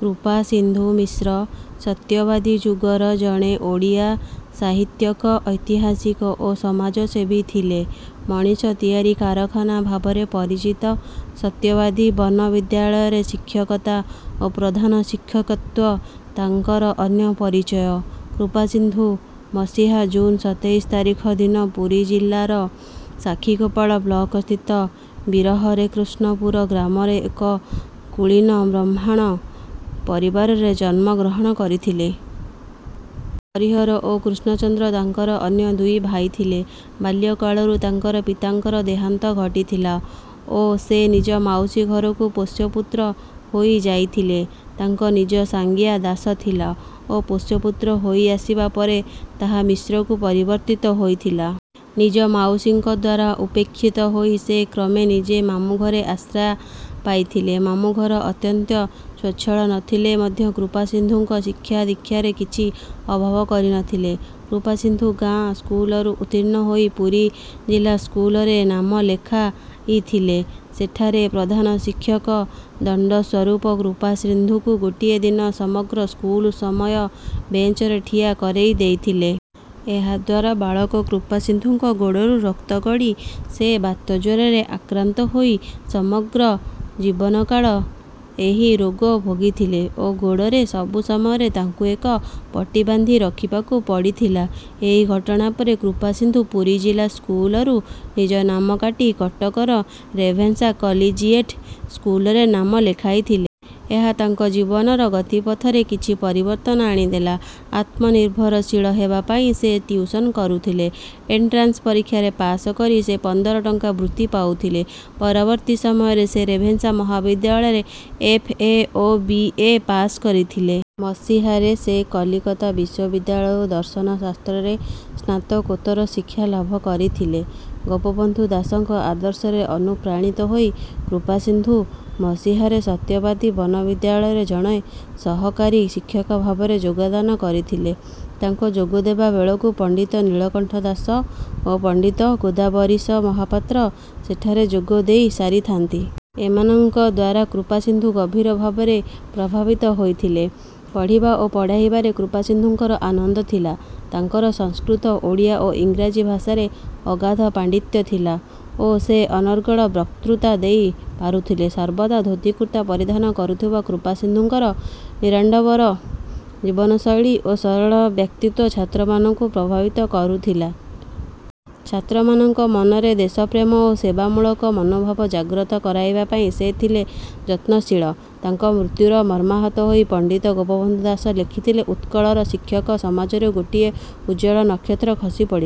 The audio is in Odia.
କୃପାସିନ୍ଧୁ ମିଶ୍ର ସତ୍ୟବାଦୀ ଯୁଗର ଜଣେ ଓଡ଼ିଆ ସାହିତ୍ୟକ ଐତିହାସିକ ଓ ସମାଜସେବୀ ଥିଲେ। ମଣିଷ ତିଆରି କାରଖାନା ଭାବରେ ପରିଚିତ ସତ୍ୟବାଦୀ ବନ ବିଦ୍ୟାଳୟରେ ଶିକ୍ଷକତା ଓ ପ୍ରଧାନ ଶିକ୍ଷକତ୍ୱ ତାଙ୍କର ଅନ୍ୟ ପରିଚୟ। କୃପାସିନ୍ଧୁ ମସିହା ଜୁନ ସତେଇଶି ତାରିଖ ଦିନ ପୁରୀ ଜିଲ୍ଲାର ସାକ୍ଷୀଗୋପାଳ ବ୍ଲକସ୍ଥିତ ବୀରହରେକୃଷ୍ଣପୁର ଗ୍ରାମର ଏକ କୁଳୀନ ବ୍ରହ୍ମାଣ ପରିବାରରେ ଜନ୍ମଗ୍ରହଣ କରିଥିଲେ। ହରିହର ଓ କୃଷ୍ଣଚନ୍ଦ୍ର ତାଙ୍କର ଅନ୍ୟ ଦୁଇ ଭାଇ ଥିଲେ। ବାଲ୍ୟକାଳରୁ ତାଙ୍କର ପିତାଙ୍କର ଦେହାନ୍ତ ଘଟିଥିଲା ଓ ସେ ନିଜ ମାଉସୀ ଘରକୁ ପୋଷ୍ୟପୁତ୍ର ହୋଇଯାଇଥିଲେ। ତାଙ୍କ ନିଜ ସାଙ୍ଗିଆ ଦାଶ ଥିଲା ଓ ପୋଷ୍ୟପୁତ୍ର ହୋଇଆସିବା ପରେ ତାହା ମିଶ୍ରକୁ ପରିବର୍ତ୍ତିତ ହୋଇଥିଲା। ନିଜ ମାଉସୀଙ୍କଦ୍ୱାରା ଉପେକ୍ଷିତ ହୋଇ ସେ କ୍ରମେ ନିଜେ ମାମୁଁ ଘରେ ଆଶ୍ରା ପାଇଥିଲେ। ମାମୁଁ ଘର ଅତ୍ୟନ୍ତ ସ୍ୱଚ୍ଛଳ ନଥିଲେ ମଧ୍ୟ କୃପାସିନ୍ଧୁଙ୍କ ଶିକ୍ଷାଦୀକ୍ଷାରେ କିଛି ଅଭାବ କରିନଥିଲେ। କୃପାସିନ୍ଧୁ ଗାଁ ସ୍କୁଲରୁ ଉତ୍ତୀର୍ଣ୍ଣ ହୋଇ ପୁରୀ ଜିଲ୍ଲା ସ୍କୁଲରେ ନାମ ଲେଖାଇଥିଲେ। ସେଠାରେ ପ୍ରଧାନ ଶିକ୍ଷକ ଦଣ୍ଡ ସ୍ୱରୂପ କୃପାସିନ୍ଧୁଙ୍କୁ ଗୋଟିଏ ଦିନ ସମଗ୍ର ସ୍କୁଲ ସମୟ ବେଞ୍ଚରେ ଠିଆ କରେଇ ଦେଇଥିଲେ। ଏହାଦ୍ୱାରା ବାଳକ କୃପାସିନ୍ଧୁଙ୍କ ଗୋଡ଼ରୁ ରକ୍ତ ଗଡ଼ି ସେ ବାତଜ୍ୱରରେ ଆକ୍ରାନ୍ତ ହୋଇ ସମଗ୍ର ଜୀବନକାଳ ଏହି ରୋଗ ଭୋଗିଥିଲେ ଓ ଗୋଡ଼ରେ ସବୁ ସମୟରେ ତାଙ୍କୁ ଏକ ପଟି ବାନ୍ଧି ରଖିବାକୁ ପଡ଼ିଥିଲା। ଏହି ଘଟଣା ପରେ କୃପାସିନ୍ଧୁ ପୁରୀ ଜିଲ୍ଲା ସ୍କୁଲରୁ ନିଜ ନାମ କାଟି କଟକର ରେଭେନ୍ସା କଲିଜିଏଟ ସ୍କୁଲରେ ନାମ ଲେଖାଇଲେ। ଏହା ତାଙ୍କ ଜୀବନର ଗତିପଥରେ କିଛି ପରିବର୍ତ୍ତନ ଆଣିଦେଲା। ଆତ୍ମନିର୍ଭରଶୀଳ ହେବା ପାଇଁ ସେ ଟ୍ୟୁସନ କରୁଥିଲେ। ଏଣ୍ଟ୍ରାନ୍ସ ପରୀକ୍ଷାରେ ପାସ କରି ସେ ପନ୍ଦର ଟଙ୍କା ବୃତ୍ତି ପାଉଥିଲେ। ପରବର୍ତ୍ତୀ ସମୟରେ ସେ ରେଭେନ୍ସା ମହାବିଦ୍ୟାଳୟରୁ ଏଫ ଏ ଓ ବି ଏ ପାସ କରିଥିଲେ। ମସିହାରେ ସେ କଲିକତା ବିଶ୍ୱବିଦ୍ୟାଳୟରୁ ଦର୍ଶନ ଶାସ୍ତ୍ରରେ ସ୍ନାତକୋତ୍ତର ଶିକ୍ଷା ଲାଭ କରିଥିଲେ। ଗୋପବନ୍ଧୁ ଦାସଙ୍କ ଆଦର୍ଶରେ ଅନୁପ୍ରାଣିତ ହୋଇ କୃପାସିନ୍ଧୁ ମସିହାରେ ସତ୍ୟବାଦୀ ବନ ବିଦ୍ୟାଳୟରେ ଜଣେ ସହକାରୀ ଶିକ୍ଷକ ଭାବରେ ଯୋଗଦାନ କରିଥିଲେ। ତାଙ୍କ ଯୋଗଦେବା ବେଳକୁ ପଣ୍ଡିତ ନୀଳକଣ୍ଠ ଦାସ ଓ ପଣ୍ଡିତ ଗୋଦାବରୀଶ ମହାପାତ୍ର ସେଠାରେ ଯୋଗ ଦେଇ ସାରିଥାନ୍ତି। ଏମାନଙ୍କଦ୍ୱାରା କୃପାସିନ୍ଧୁ ଗଭୀର ଭାବରେ ପ୍ରଭାବିତ ହୋଇଥିଲେ। ପଢ଼ିବା ଓ ପଢ଼େଇବାରେ କୃପାସିନ୍ଧୁଙ୍କର ଆନନ୍ଦ ଥିଲା। ତାଙ୍କର ସଂସ୍କୃତ ଓଡ଼ିଆ ଓ ଇଂରାଜୀ ଭାଷାରେ ଅଗାଧ ପାଣ୍ଡିତ୍ୟ ଥିଲା ଓ ସେ ଅନର୍ଗଳ ବକ୍ତୃତା ଦେଇ ପାରୁଥିଲେ। ସର୍ବଦା ଧୋତି କୁର୍ତ୍ତା ପରିଧାନ କରୁଥିବା କୃପାସିନ୍ଧୁଙ୍କର ନିରାଡ଼ମ୍ବର ଜୀବନଶୈଳୀ ଓ ସରଳ ବ୍ୟକ୍ତିତ୍ୱ ଛାତ୍ରମାନଙ୍କୁ ପ୍ରଭାବିତ କରୁଥିଲା। ଛାତ୍ରମାନଙ୍କ ମନରେ ଦେଶପ୍ରେମ ଓ ସେବାମୂଳକ ମନୋଭାବ ଜାଗ୍ରତ କରାଇବା ପାଇଁ ସେ ଥିଲେ ଯତ୍ନଶୀଳ। ତାଙ୍କ ମୃତ୍ୟୁରେ ମର୍ମାହତ ହୋଇ ପଣ୍ଡିତ ଗୋପବନ୍ଧୁ ଦାସ ଲେଖିଥିଲେ ଉତ୍କଳର ଶିକ୍ଷକ ସମାଜରୁ ଗୋଟିଏ ଉଜ୍ଜ୍ୱଳ ନକ୍ଷତ୍ର ଖସି ପଡ଼ି